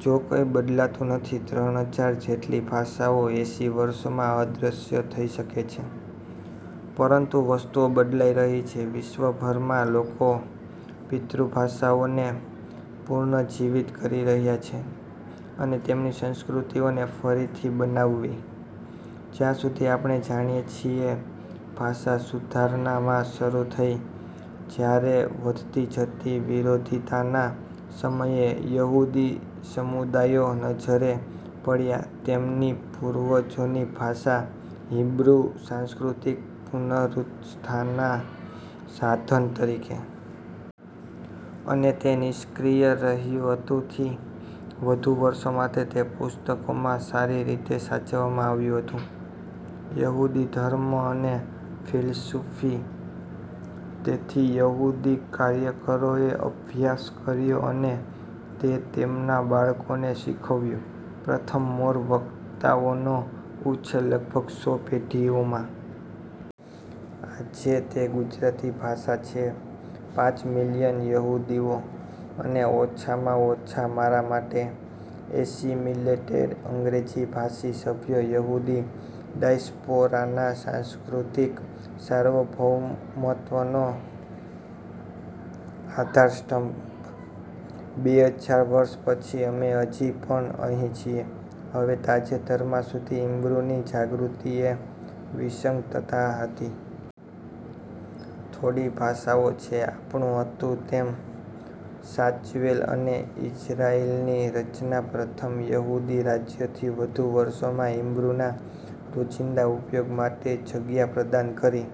જો કંઇ બદલાતું નથી, ત્રણ હજાર જેટલી ભાષાઓ એંસી વર્ષોમાં અદૃશ્ય થઈ શકે છે, પરંતુ વસ્તુઓ બદલાઈ રહી છે. વિશ્વભરમાં લોકો પિતૃભાષાઓને પુનર્જીવિત કરી રહ્યાં છે અને તેમની સંસ્કૃતિઓને ફરીથી બનાવવી. જ્યાં સુધી આપણે જાણીએ છીએ, ભાષા સુધારણા માં શરૂ થઈ, જ્યારે વધતી જતી વિરોધીતાના સમયે, યહૂદી સમુદાયો નજરે પડ્યા તેમની પૂર્વજોની ભાષા, હીબ્રુ, સાંસ્કૃતિક પુનરુત્થાનના સાધન તરીકે. અને તે નિષ્ક્રિય રહ્યું હતું થી વધુ વર્ષો માટે, તે પુસ્તકોમાં સારી રીતે સાચવવામાં આવ્યું હતું યહૂદી ધર્મ અને ફિલસૂફી. તેથી યહૂદી કાર્યકરોએ અભ્યાસ કર્યો અને તે તેમના બાળકોને શીખવ્યું, પ્રથમ મૂળ વક્તાઓનો ઉછેર લગભગ સો પેઢીઓમાં. આજે, તે ગુજરાતી છે પાંચ મિલિયન યહૂદીઓ. અને ઓછામાં ઓછા મારા માટે, એસિમિલેટેડ અંગ્રેજી ભાષી સભ્ય યહૂદી ડાયસ્પોરાના, સાંસ્કૃતિક સાર્વભૌમત્વનો આધારસ્તંભ. બે હજાર વર્ષ પછી, અમે હજી પણ અહીં છીએ. હવે, તાજેતરમાં સુધી, હિબ્રુની જાગૃતિ એ વિસંગતતા હતી. થોડી ભાષાઓ છે આપણું હતું તેમ સાચવેલ, અને ઇઝરાઇલની રચના, પ્રથમ યહૂદી રાજ્ય થી વધુ વર્ષોમાં, હિબ્રુના રોજિંદા ઉપયોગ માટે જગ્યા પ્રદાન કરી.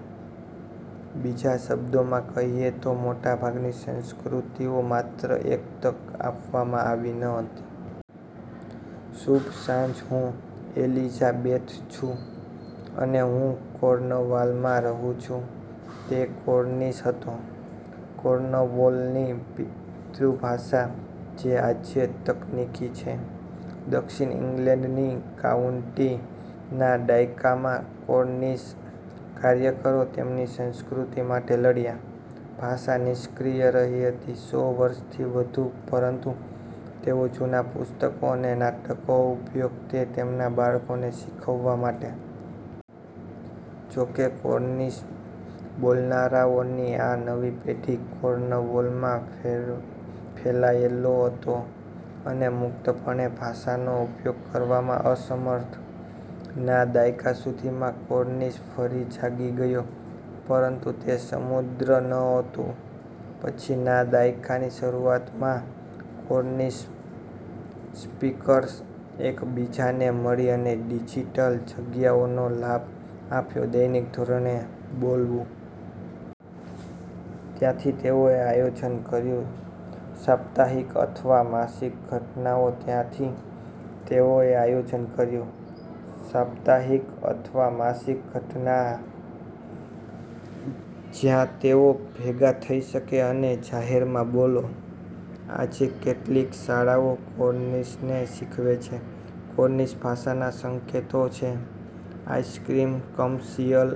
બીજા શબ્દોમાં કહીએ તો, મોટા ભાગની સંસ્કૃતિઓ માત્ર એક તક આપવામાં આવી ન હતી. શુભ સાંજ, હું એલિઝાબેથ છું અને હું કોર્નવાલમાં રહું છું. તે કોર્નિશ હતો, કોર્નવોલની પિતૃભાષા, જે આજે તકનીકી છે દક્ષિણ ઇંગ્લેન્ડની કાઉન્ટી. ના દાયકામાં કોર્નિશ કાર્યકરો તેમની સંસ્કૃતિ માટે લડ્યા. ભાષા નિષ્ક્રિય રહી હતી સો વર્ષથી વધુ પરંતુ તેઓ જૂના પુસ્તકો અને નાટકો ઉપયોગ તે તેમના બાળકોને શીખવવા માટે. જો કે, કોર્નિશ બોલનારાઓની આ નવી પેઢી કોર્નવોલમાં ફેલ ફેલાયેલો હતો અને મુક્તપણે ભાષાનો ઉપયોગ કરવામાં અસમર્થ. ના દાયકા સુધીમાં, કોર્નિશ ફરી જાગી ગયો, પરંતુ તે સમુદ્ર નહોતું. પછી, ના દાયકાની શરૂઆતમાં, કોર્નિશ સ્પીકર્સ એક બીજાને મળી અને ડિજિટલ જગ્યાઓનો લાભ આપ્યો દૈનિક ધોરણે બોલવું. ત્યાંથી, તેઓએ આયોજન કર્યું સાપ્તાહિક અથવા માસિક ઘટનાઓ ત્યાંથી, તેઓએ આયોજન કર્યું સાપ્તાહિક અથવા માસિક ઘટના જ્યાં તેઓ ભેગા થઈ શકે અને જાહેરમાં બોલો. આજે, કેટલીક શાળાઓ કોર્નિશને શીખવે છે. કોર્નિશ ભાષાના સંકેતો છે, આઈસ્ક્રીમ કમશિયલ,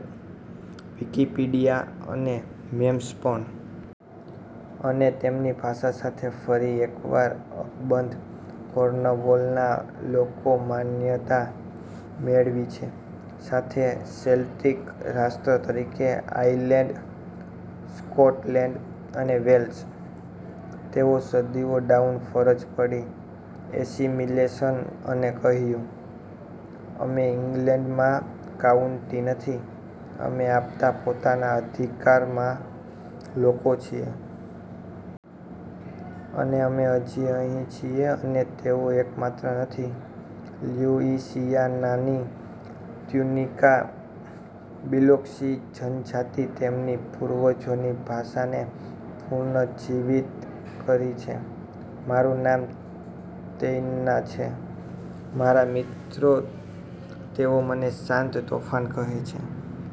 વિકિપીડિયા, અને મેમ્સ પણ. અને તેમની ભાષા સાથે ફરી એકવાર અકબંધ, કોર્નવોલના લોકો માન્યતા મેળવી છે સાથે સેલ્ટિક રાષ્ટ્ર તરીકે આયર્લેન્ડ, સ્કોટલેન્ડ અને વેલ્સ. તેઓ સદીઓ ડાઉન ફરજ પડી એસિમિલેશન અને કહ્યું, "અમે ઇંગ્લેન્ડમાં કાઉન્ટી નથી. અમે આપતા પોતાના અધિકારમાં લોકો છીએ. અને અમે હજી અહીં છીએ. " અને તેઓ એકમાત્ર નથી. લ્યુઇસિયાનાની ટ્યુનિકા-બિલોક્સી જનજાતિ તેમની પૂર્વજોની ભાષાને પુનર્જીવિત કરી છે. મારું નામ તેયન્ના છે. મારા મિત્રો, તેઓ મને "શાંત તોફાન" કહે છે.